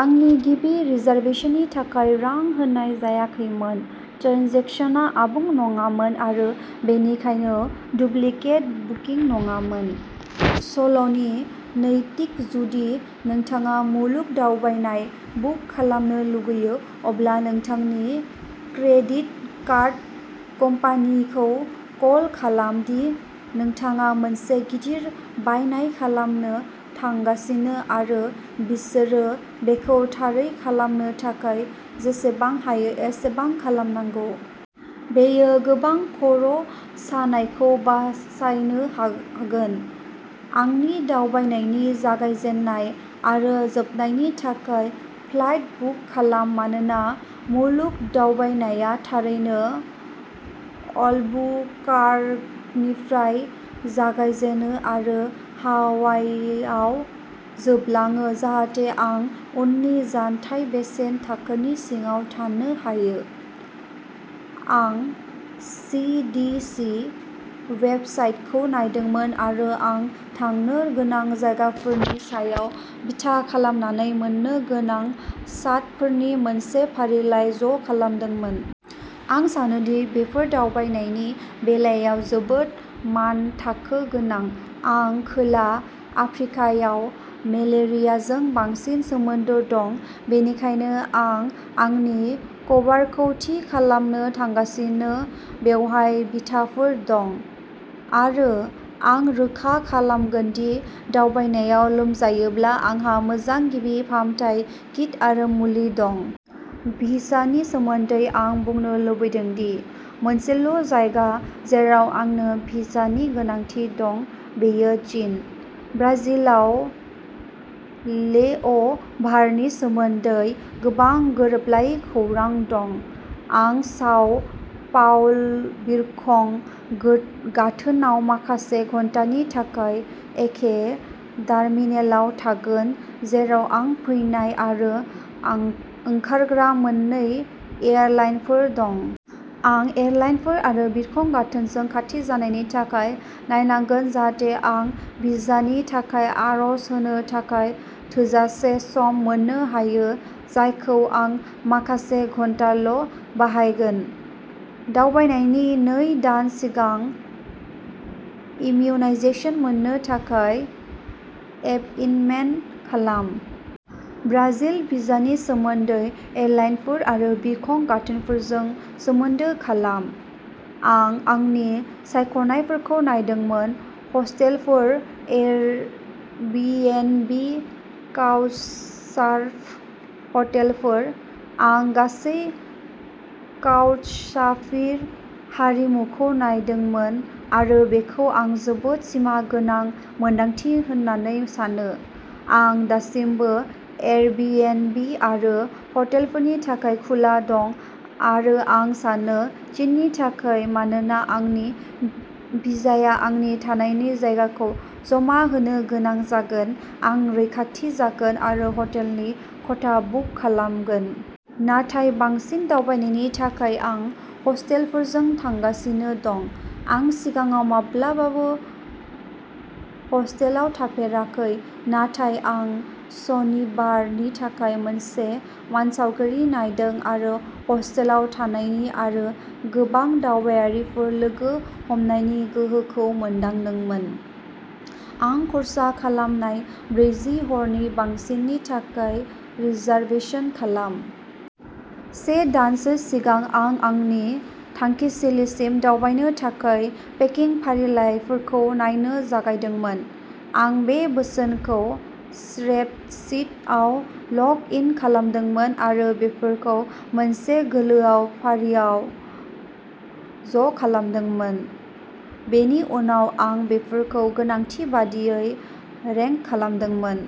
आंनि गिबि रिजार्भेशननि थाखाय रां होनाय जायाखैमोन ट्रेन्जेकसनआ आबुं नङामोन आरो बेनिखायनो डुप्लिकेट बुकिं नङामोन। सल'नि नैतिक जुदि नोंथाङा मुलुग दावबायनाय बुक खालामनो लुगैयो अब्ला नोंथांनि क्रेडिट कार्ड कम्पानिखौ कल खालाम दि नोंथाङा मोनसे गिदिर बायनाय खालामनो थांगासिनो आरो बिसोरो बेखौ थारै खालामनो थाखाय जेसेबां हायो एसेबां खालामनांगौ। बेयो गोबां खर'सानायखौ बासायनो हागोन। आंनि दावबायनायनि जागायजेन्नाय आरो जोबनायनि थाखाय फ्लाइट बुक खालाम मानोना मुलुग दावबायनायआ थारैनो अल्बुकार्कनिफ्राय जागायजेनो आरो हावाइआव जोबलाङो जाहाथे आं उननि जानथाय बेसेन थाखोनि सिङाव थानो हायो। आं सि डि सि वेबसाइटखौ नायदोंमोन आरो आं थांनो गोनां जायगाफोरनि सायाव बिथा खालामनानै मोन्नो गोनां शटफोरनि मोनसे फारिलाइ ज'खालामदोंमोन। आं सानो दि बेफोर दावबायनायनि बेलायाव जोबोद मानथाखो गोनां। आं खोला आफ्रिकायाव मेलेरियाजों बांसिन सोमोनदो दं बेनिखायनो आं आंनि कभारखौ थि खालामनो थांगासिनो बेवहाय बिथाफोर दं। आरो आं रोखा खालामगोन दि दावबायनायाव लोमजायोब्ला आंहा मोजां गिबि फाहामथाय किट आरो मुलि दं। भिसानि सोमोन्दै आं बुंनो लुबैदों दि मोनसेल'जायगा जेराव आंनो भिसानि गोनांथि दं बेयो चीन। ब्राजिलाव लेअ'भारनि सोमोन्दै गोबां गोरोबलायै खौरां दं। आं साव पाउल'बिरखं गाथोनाव माखासे घन्टानि थाखाय एखे टार्मिनेलाव थागोन जेराव आं फैनाय आरो ओंखारग्रा मोन्नै एयारलाइनफोर दं। आं एयारलाइनफोर आरो बिरखं गाथोनजों खाथि जानायनि थाखाय नायनांगोन जाहाथे आं भिसानि थाखाय आर'ज होनो थाखाय थोजासे सम मोननो हायो जायखौ आं माखासे घन्टाल' बाहायगोन। दावबायनायनि नै दान सिगां इमिउनायजेसन मोननो थाखाय एपइन्टमेन्ट खालाम। ब्राजिल भिसानि सोमोन्दै एयारलाइनफोर आरो बिरखं गाथोनफोरजों सोमोन्दो खालाम। आं आंनि सायख'नायफोरखौ नायदोंमोन हस्टेलफोर एयारबिएनबि काउचसार्फिं हटेलफोर। आं गासै काउचसार्फिं हारिमुखौ नायदोंमोन आरो बेखौ आं जोबोद सिमा गोनां मोनदांथि होननानै सानो। आं दासिमबो एयारबिएनबि आरो हटेलफोरनि थाखाय खुला दं आरो आं सानो चिननि थाखाय मानोना आंनि भिसाया आंनि थानायनि जायगाखौ जमा होनो गोनां जागोन आं रैखाथि जागोन आरो हटेलनि खथा बुक खालामगोन। नाथाय बांसिन दावबायनायनि थाखाय आं हस्टेलफोरजों थांगासिनो दं। आं सिगाङाव माब्लाबाबो हस्टेलाव थाफेराखै नाथाय आं सनिबारनि थाखाय मोनसे मानसावगारि नायदोंमोन आरो हस्टेलाव थानायनि आरो गोबां दावबायारिफोरखौ लोगो हमनायनि गोहोखौ मोनदांदोंमोन। आं खर्सा खालामनाय ब्रैजि हरनि बांसिननि थाखाय रिजार्भेसन खालाम। से दानसो सिगां आं आंनि थांखिथिलिसिम दावबायनो थाखाय पेकिं फारिलाइफोरखौ नायनो जागायदोंमोन। आं बे बोसोनखौ स्प्रेडशीटआव लग इन खालामदोंमोन आरो बेफोरखौ मोनसे गोलाव फारियाव ज'खालामदोंमोन। बेनि उनाव आं बेफोरखौ गोनांथि बायदियै रेंक खालामदोंमोन।